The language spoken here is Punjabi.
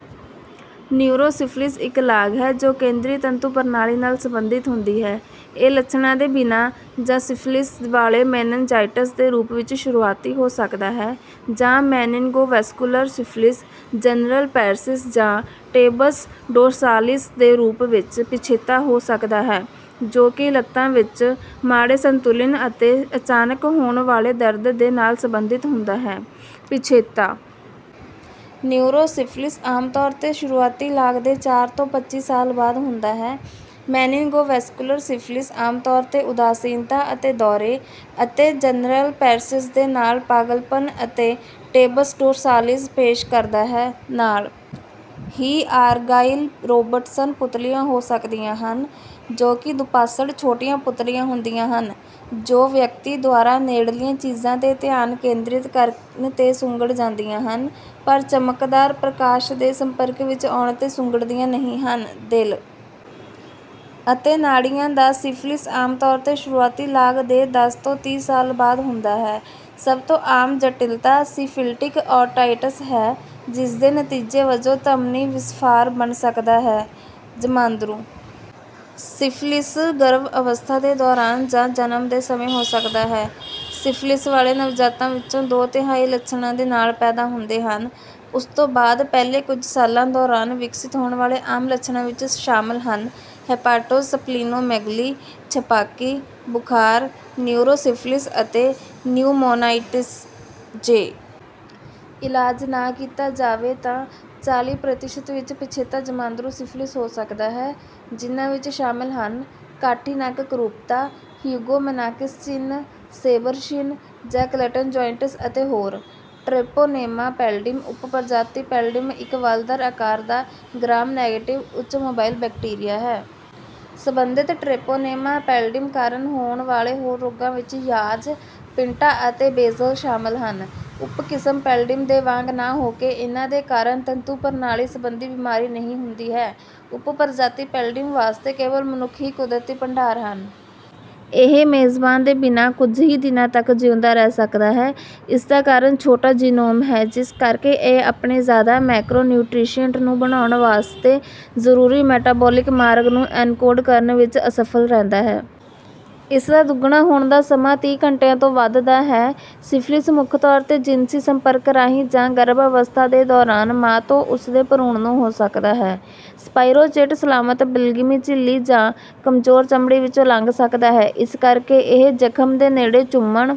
ਨਿਊਰੋਸਿਫਿਲਿਸ ਇੱਕ ਲਾਗ ਹੈ, ਜੋ ਕੇਂਦਰੀ ਤੰਤੂ ਪ੍ਰਣਾਲੀ ਨਾਲ ਸਬੰਧਤ ਹੁੰਦੀ ਹੈ। ਇਹ ਲੱਛਣਾਂ ਦੇ ਬਿਨਾਂ ਜਾਂ ਸਿਫਿਲਿਸ ਵਾਲੇ ਮੇਨਿਨਜਾਈਟਿਸ ਦੇ ਰੂਪ ਵਿੱਚ ਸ਼ੁਰੂਆਤੀ ਹੋ ਸਕਦਾ ਹੈ, ਜਾਂ ਮੇਨਿਨਗੋਵੈਸਕੁਲਰ ਸਿਫਿਲਿਸ, ਜਨਰਲ ਪੈਰਿਸਿਸ, ਜਾਂ ਟੇਬਸ ਡੋਰਸਾਲਿਸ ਦੇ ਰੂਪ ਵਿੱਚ ਪਿਛੇਤਾ ਹੋ ਸਕਦਾ ਹੈ, ਜੋ ਕਿ ਲੱਤਾਂ ਵਿੱਚ ਮਾੜੇ ਸੰਤੁਲਨ ਅਤੇ ਅਚਾਨਕ ਹੋਣ ਵਾਲੇ ਦਰਦ ਦੇ ਨਾਲ ਸਬੰਧਤ ਹੁੰਦਾ ਹੈ। ਪਿਛੇਤਾ ਨਿਊਰੋਸਿਫਿਲਿਸ ਆਮ ਤੌਰ 'ਤੇ ਸ਼ੁਰੂਆਤੀ ਲਾਗ ਦੇ ਚਾਰ ਤੋਂ ਪੱਚੀ ਸਾਲ ਬਾਅਦ ਹੁੰਦਾ ਹੈ। ਮੇਨਿਨਗੋਵੈਸਕੁਲਰ ਸਿਫਿਲਿਸ ਆਮ ਤੌਰ 'ਤੇ ਉਦਾਸੀਨਤਾ ਅਤੇ ਦੌਰੇ, ਅਤੇ ਜਨਰਲ ਪੈਰਿਸਿਸ ਦੇ ਨਾਲ ਪਾਗਲਪਣ ਅਤੇ ਟੇਬਸ ਡੋਰਸਾਲਿਸ ਪੇਸ਼ ਕਰਦਾ ਹੈ। ਨਾਲ ਹੀ, ਆਰਗਾਈਲ ਰੋਬਰਟਸਨ ਪੁਤਲੀਆਂ ਹੋ ਸਕਦੀਆਂ ਹਨ, ਜੋ ਕਿ ਦੁਪਾਸੜ ਛੋਟੀਆਂ ਪੁਤਲੀਆਂ ਹੁੰਦੀਆਂ ਹਨ, ਜੋ ਵਿਅਕਤੀ ਦੁਆਰਾ ਨੇੜਲੀਆਂ ਚੀਜ਼ਾਂ 'ਤੇ ਧਿਆਨ ਕੇਂਦ੍ਰਿਤ ਕਰਨ 'ਤੇ ਸੁੰਗੜ ਜਾਂਦੀਆਂ ਹਨ, ਪਰ ਚਮਕਦਾਰ ਪ੍ਰਕਾਸ਼ ਦੇ ਸੰਪਰਕ ਵਿੱਚ ਆਉਣ 'ਤੇ ਸੁੰਗੜਦੀਆਂ ਨਹੀਂ ਹਨ। ਦਿਲ ਅਤੇ ਨਾੜੀਆਂ ਦਾ ਸਿਫਿਲਿਸ ਆਮ ਤੌਰ 'ਤੇ ਸ਼ੁਰੂਆਤੀ ਲਾਗ ਦੇ ਦਸ ਤੋਂ ਤੀਹ ਸਾਲ ਬਾਅਦ ਹੁੰਦਾ ਹੈ। ਸਭ ਤੋਂ ਆਮ ਜਟਿਲਤਾ ਸੀਫਲਿਟਿਕ ਔਰਟਾਈਟਿਸ ਹੈ, ਜਿਸ ਦੇ ਨਤੀਜੇ ਵਜੋਂ ਧਮਨੀ ਵਿਸਫਾਰ ਬਣ ਸਕਦਾ ਹੈ। ਜਮਾਂਦਰੂ ਸਿਫਿਲਿਸ ਗਰਭ-ਅਵਸਥਾ ਦੇ ਦੌਰਾਨ ਜਾਂ ਜਨਮ ਦੇ ਸਮੇਂ ਹੋ ਸਕਦਾ ਹੈ। ਸਿਫਿਲਿਸ ਵਾਲੇ ਨਵਜਾਤਾਂ ਵਿੱਚੋਂ ਦੋ-ਤਿਹਾਈ ਲੱਛਣਾਂ ਦੇ ਨਾਲ ਪੈਦਾ ਹੁੰਦੇ ਹਨ। ਉਸ ਤੋਂ ਬਾਅਦ ਪਹਿਲੇ ਕੁਝ ਸਾਲਾਂ ਦੌਰਾਨ ਵਿਕਸਿਤ ਹੋਣ ਵਾਲੇ ਆਮ ਲੱਛਣਾਂ ਵਿੱਚ ਸ਼ਾਮਲ ਹਨ: ਹੈਪਾਟੋਸਪਲੀਨੋਮੇਗਲੀ, ਛਪਾਕੀ, ਬੁਖ਼ਾਰ, ਨਿਊਰੋਸਿਫਿਲਿਸ ਅਤੇ ਨਿਊਮੋਨਾਈਟਿਸ। ਜੇ ਇਲਾਜ ਨਾ ਕੀਤਾ ਜਾਵੇ, ਤਾਂ ਚਾਲੀ ਪ੍ਰਤੀਸ਼ਤ ਵਿੱਚ ਪਿਛੇਤਾ ਜਮਾਂਦਰੂ ਸਿਫਿਲਿਸ ਹੋ ਸਕਦਾ ਹੈ, ਜਿਨ੍ਹਾਂ ਵਿੱਚ ਸ਼ਾਮਲ ਹਨ: ਕਾਠੀ ਨੱਕ ਕਰੂਪਤਾ, ਹਿਗੋਉਮੇਨਾਕਿਸ ਚਿੰਨ੍ਹ, ਸੇਬਰ ਸ਼ਿਨ, ਜਾਂ ਕਲੱਟਨ ਜੋਇੰਟਸ ਅਤੇ ਹੋਰ। ਟ੍ਰੇਪੋਨੇਮਾ ਪੈਲਿਡਮ ਉਪ-ਪ੍ਰਜਾਤੀ ਪੈਲਿਡਮ ਇੱਕ ਵੱਲਦਾਰ ਆਕਾਰ ਦਾ, ਗ੍ਰਾਮ-ਨੇਗੇਟਿਵ, ਉੱਚ ਮੋਬਾਈਲ ਬੈਕਟੀਰੀਆ ਹੈ। ਸਬੰਧਤ ਟ੍ਰੇਪੋਨੇਮਾ ਪੈਲਿਡਮ ਕਾਰਨ ਹੋਣ ਵਾਲੇ ਹੋਰ ਰੋਗਾਂ ਵਿੱਚ ਯਾਜ, ਪਿੰਟਾ ਅਤੇ ਬੇਜਲ ਸ਼ਾਮਲ ਹਨ। ਉਪ-ਕਿਸਮ ਪੈਲਿਡਮ ਦੇ ਵਾਂਗ ਨਾ ਹੋ ਕੇ, ਇਹਨਾਂ ਦੇ ਕਾਰਨ ਤੰਤੂ ਪ੍ਰਣਾਲੀ ਸਬੰਧੀ ਬਿਮਾਰੀ ਨਹੀਂ ਹੁੰਦੀ ਹੈ। ਉਪ-ਪ੍ਰਜਾਤੀ ਪੈਲਿਡਮ ਵਾਸਤੇ ਕੇਵਲ ਮਨੁੱਖ ਹੀ ਕੁਦਰਤੀ ਭੰਡਾਰ ਹਨ। ਇਹ ਮੇਜ਼ਬਾਨ ਦੇ ਬਿਨਾਂ ਕੁਝ ਹੀ ਦਿਨਾਂ ਤੱਕ ਜਿਉਂਦਾ ਰਹਿ ਸਕਦਾ ਹੈ। ਇਸ ਦਾ ਕਾਰਨ ਛੋਟਾ ਜਿਨੋਮ ਹੈ, ਜਿਸ ਕਰਕੇ ਇਹ ਆਪਣੇ ਜ਼ਿਆਦਾਤਰ ਮੈਕਰੋ-ਨਿਊਟ੍ਰੀਸ਼ਿਏਂਟ ਨੂੰ ਬਣਾਉਣ ਵਾਸਤੇ ਜ਼ਰੂਰੀ ਮੈਟਾਬੋਲਿਕ ਮਾਰਗ ਨੂੰ ਐਨਕੋਡ ਕਰਨ ਵਿੱਚ ਅਸਫਲ ਰਹਿੰਦਾ ਹੈ। ਇਸ ਦਾ ਦੁੱਗਣਾ ਹੋਣ ਦਾ ਸਮਾਂ ਤੀਹ ਘੰਟਿਆਂ ਤੋਂ ਵੱਧ ਦਾ ਹੈ। ਸਿਫਿਲਿਸ ਮੁੱਖ ਤੌਰ 'ਤੇ ਜਿਨਸੀ ਸੰਪਰਕ ਰਾਹੀਂ ਜਾਂ ਗਰਭ-ਅਵਸਥਾ ਦੇ ਦੌਰਾਨ ਮਾਂ ਤੋਂ ਉਸ ਦੇ ਭਰੂਣ ਨੂੰ ਹੋ ਸਕਦਾ ਹੈ। ਸਪਾਇਰੋਚੇਟ ਸਲਾਮਤ ਬਲਗਮੀ ਝਿੱਲੀ ਜਾਂ ਕਮਜ਼ੋਰ ਚਮੜੀ ਵਿੱਚੋਂ ਲੰਘ ਸਕਦਾ ਹੈ। ਇਸ ਕਰਕੇ ਇਹ ਜਖਮ ਦੇ ਨੇੜੇ ਚੁੰਮਣ...